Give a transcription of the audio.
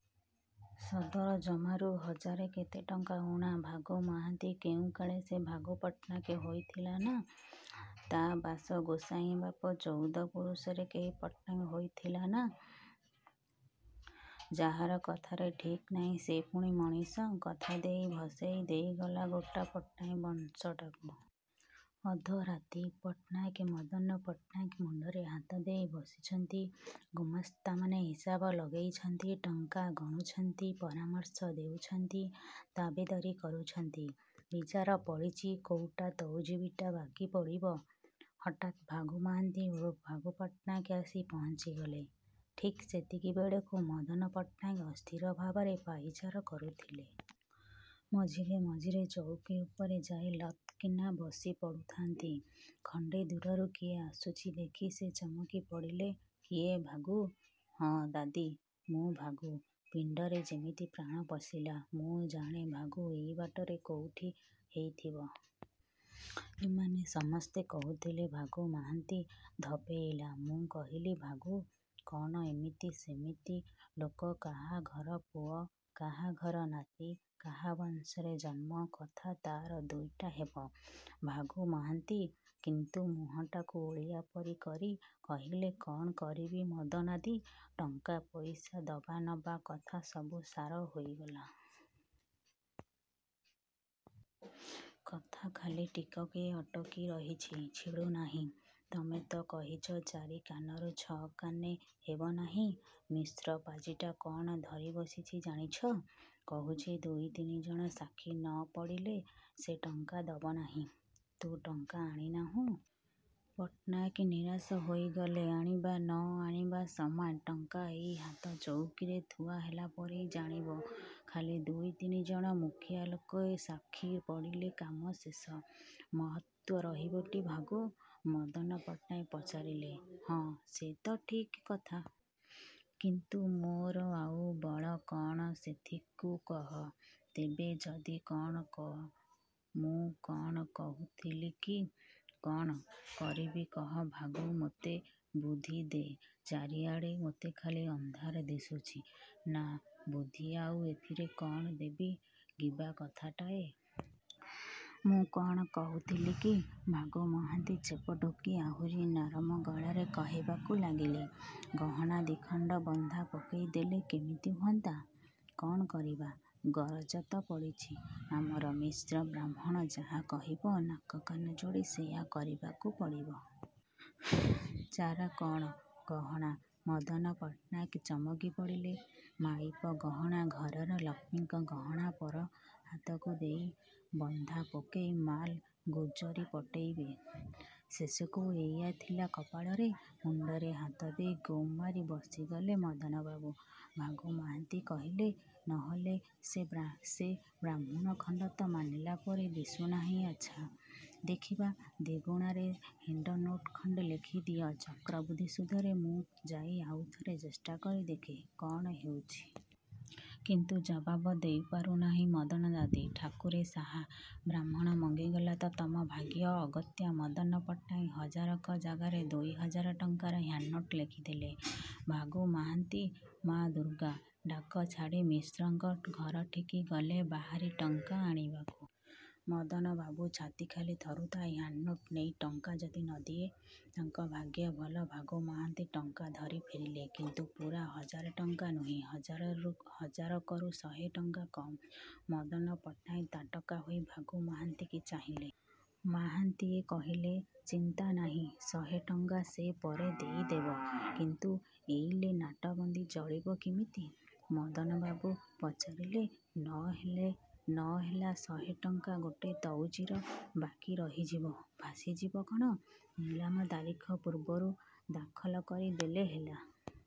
ସଦର ଜମାରୁ ହଜାରେ କେତେ ଟଙ୍କା ଊଣା। ଭାଗୁ ମହାନ୍ତି କେଉଁ କାଳେ ସେ ଭାଗୁ ପଟ୍ଟନାୟକ ହେଇ ଥିଲା ନା–ତା' ବାସ ଗୋସାଇଁବାପ ଚଉଦ ପୁରୁଷରେ କେହି ପଟ୍ଟନାୟକ ହେଇଥିଲା ନା ଯାହାର କଥାରେ ଠିକ୍ ନାହିଁ ସେ ପୁଣି ମଣିଷ! କଥା ଦେଇ ଭସେଇ ଦେଇଗଲା ଗୋଟା ପଟ୍ଟନାୟକ ବଂଶଟାକୁ। ଅଧରାତି। ପଟ୍ଟନାୟକେ ମଦନ ପଟ୍ଟନାୟକେ ମୁଣ୍ଡରେ ହାତ ଦେଇ ବସିଚନ୍ତି। ଗୁମାସ୍ତାମାନେ ହିସାବ ଲଗେଇଚନ୍ତି, ଟଙ୍କା ଗଣୁଚନ୍ତି, ପରାମର୍ଶ ଦେଉଛନ୍ତି, ତାବେଦାରୀ କରୁଛନ୍ତି। ବିଚାର ପଡ଼ିଚି, କୋଉ ତଉଜୀଟା ବାକି ପଡ଼ିବ। ହଠାତ ଭାଗୁ ମହାନ୍ତି ଓରଫ ଭାଗୁ ପଟ୍ଟନାୟକେ ଆସି ପହଞ୍ଚିଗଲେ। ଠିକ୍ ସେତିକି ବେଳକୁ ମଦନ ପଟ୍ଟନାୟକେ ଅସ୍ଥିର ଭାବରେ ପାଇଚାର କରୁଥିଲେ। ମଝିରେ ମଝିରେ ଚଉକି ଉପରେ ଯାଇ ଲଥ କିନା ବସି ପଡ଼ୁଥାନ୍ତି। ଖଣ୍ଡେ ଦୂରରୁ କିଏ ଆସୁଚି ଦେଖି ସେ ଚମକି ପଡ଼ିଲେ''କିଏ ଭାଗୁ? '' ''ହଁ ଦାଦି, ମୁଁ ଭାଗୁ। '' ପିଣ୍ଡରେ ଯେମିତି ପ୍ରାଣ ପଶିଲା। ''ମୁଁ ଜାଣେ ଭାଗୁ ଏଇ ବାଟରେ କୋଉଠି ହେଇଥିବ। ଏମାନେ ସମସ୍ତେ କହୁଥିଲେ ଭାଗୁ ମହାନ୍ତି ଧପେଇଲା। ମୁଁ କହିଲି, ଭାଗୁ କ'ଣ ଇମିତି ସିମିତି ଲୋକ କାହା ଘର ପୁଅ, କାହା ଘର ନାତି, କାହା ବଂଶରେ ଜନ୍ମ କଥା ତା'ର ଦୁଇଟା ହେବ? '' ଭାଗୁ ମହାନ୍ତି କିନ୍ତୁ ମୁହଁଟାକୁ ଓଳିଆ ପରି କରି କହିଲେ କ'ଣ କରିବି ମଦନାଦି, ଟଙ୍କା ପଇସା ଦବାନବା କଥା ସବୁ ସାର ହୋଇଗଲା। କଥା ଖାଲି ଟିକକେ ଅଟକି ରହିଛି। ଛିଡ଼ୁ ନାହିଁ। ତମେ ତ କହିଚ ଚାରି କାନରୁ ଛ' କାନେ ହେବନାହିଁ। ମିଶ୍ର ପାଜିଟା କ'ଣ ଧରିବସିଛି ଜାଣିଛ? କହୁଛି ଦୁଇ ତିନିଜଣ ସାକ୍ଷୀ ନ ପଡ଼ିଲେ ସେ ଟଙ୍କା ଦବ ନାହିଁ। '' ''ତୁ ଟଙ୍କା ଆଣି ନାହୁଁ? ପଟ୍ଟନାୟକେ ନିରାଶ ହେଇଗଲେ। ''ଆଣିବା ନ ଆଣିବା ସମାନ। ଟଙ୍କା ଏଇ ହାତଚଉକିରେ ଥୁଆ ହେଲାପରି ଜାଣିବ, ଖାଲି ଦୁଇ ତିନିଜଣ ମୁଖିଆ ଲୋକ ସାକ୍ଷୀ ପଡ଼ିଲେ କାମ ଶେଷ। '' ''ମହତ୍ତ୍ୱ ରହିବଟି ଭାଗୁ? '' ମଦନ ପଟ୍ଟନାୟକ ପଚାରିଲେ। ''ହଁ, ସେ ତ ଠିକ୍ କଥା। କିନ୍ତୁ ମୋର ଆଉ ବଳ କ'ଣ ସେଥିକୁ କହ। ତେବେ ଯଦି ମୁଁ କ'ଣ କହୁଥିଲି କି''। ''କ'ଣ କରିବି କହ ଭାଗୁ ମୋତେ ବୁଦ୍ଧିଦେ ଚାରିଆଡ଼େ ମୋତେ ଖାଲି ଅନ୍ଧାର ଦିଶୁଛି। '' ''ନା, ବୁଦ୍ଧି ଆଉ ଏଥିରେ କ'ଣ ଦେବି। କିବା କଥାଟାଏ। ମୁଁ କ'ଣ କହୁଥିଲି କି'' ଭାଗୁ ମହାନ୍ତି ଛେପ ଢୋକି ଆହୁରି ନରମା ଗଳାରେ କହିବାକୁ ଲାଗିଲେ, ''ଗହଣା ଦି'ଖଣ୍ଡ ବନ୍ଧା ପକେଇ ଦେଲେ କିମିତି ହୁଅନ୍ତା। କ'ଣ କରିବା? ଗରଜ ତ ପଡ଼ିଚି ଆମର, ମିଶ୍ର ବାହ୍ମୁଣ ଯାହା କହିବ ନାକ କାନ ମୋଡ଼ି ସେଇୟା କରିବାକୁ ପଡ଼ିବ। ଚାରା କ'ଣ? '' ଗହଣା! ମଦନ ପଟ୍ଟନାୟେକେ ଚମକି ପଡ଼ିଲେ। ମାଇପ ଗହଣା ଘରର ଲକ୍ଷ୍ମୀଙ୍କ ଗହଣା ପର ହାତକୁ ଦେଇ, ବନ୍ଧା ପକେଇ ମାଲ୍ ଗୁଜ୍ଜରୀ ପଟେଇବେ! ଶେଷକୁ ଏଇୟା ଥିଲା କପାଳରେ। ମୁଣ୍ଡରେ ହାତଦେଇ ଗୁମ୍ ମାରି ବସିଗଲେ ମଦନବାବୁ। ଭାଗୁ ମହାନ୍ତି କହିଲେ, ''ନ ହେଲେ ସେ ବାହ୍ମୁଣ ଖଣ୍ଟ ତ ମାନିଲା ପରି ଦିଶୁ ନାହିଁ ଆଚ୍ଛା, ଦେଖିବା, ଦିଗୁଣାରେ ହେଣ୍ଡନୋଟ ଖଣ୍ଡେ ଲେଖିଦିଅ ଚକ୍ରବୃଦ୍ଧି ସୁଧରେ ମୁଁ ଯାଇ ଆଉଥରେ ଚେଷ୍ଟା କରି ଦେଖେ କ'ଣ ହେଉଛି। କିନ୍ତୁ ଜବାବ ଦେଇପାରୁ ନାହିଁ ମଦନାଦାଦି। ''ଠାକୁରେ ସାହା। ବ୍ରାହ୍ମଣ ମଙ୍ଗିଗଲା ତ ତମ ଭାଗ୍ୟ। '' ଅଗତ୍ୟା ମଦନ ପଟ୍ଟନାୟକ ହଜାରକ ଜାଗାରେ ଦୁଇ ହଜାର ଟଙ୍କାର ହ୍ୟାଣ୍ଡନୋଟ ଲେଖିଦେଲେ। ଭାଗୁ ମହାନ୍ତି 'ମା ଦୁର୍ଗା! ' ଡାକ ଛାଡ଼ି ମିଶ୍ରଙ୍କ ଘରଠିକି ଗଲେ ବାହାରି ଟଙ୍କା ଆଣିବାକୁ। ମଦନବାବୁଙ୍କ ଛାତି ଖାଲି ଥରୁଥାଏ। ହ୍ୟାଣ୍ଡନୋଟ ନେଇ ଟଙ୍କା ଯଦି ନ ଦିଏ। ତାଙ୍କ ଭାଗ୍ୟ ଭଲ ଭାଗୁ ମହାନ୍ତି ଟଙ୍କା ଧରି ଫେରିଲେ। କିନ୍ତୁ ପୂରା ହଜାରେ ଟଙ୍କା ନୁହେଁ। ହଜାର କରୁ ଶହେ ଟଙ୍କା କମ୍। ମଦନ ପଟ୍ଟନାୟକ ତାଟକା ହୋଇ ଭାଗୁ ମହାନ୍ତିଙ୍କି ଚାହିଁଲେ। ମହାନ୍ତିଏ କହିଲେ''ଚିନ୍ତା ନାହିଁ ଶହେ ଟଙ୍କା ସେ ପରେ ଦେଇ ଦେବେ। '' ''କିନ୍ତୁ ଏଇଲେ ନାଟବନ୍ଦୀ ଚଳିବ କିମିତି? '' ମଦନବାବୁ ପଚାରିଲେ। ''ନ ହେଲା, ଶହେ ଟଙ୍କା ଗୋଟେ ତଉଜୀର ବାକି ରହିଯିବ। ଭାସିଯିବ କ'ଣ? ନିଲାମ ତାରିଖ ପୂର୍ବରୁ ଦାଖଲ କରି ଦେଲେ ହେଲା।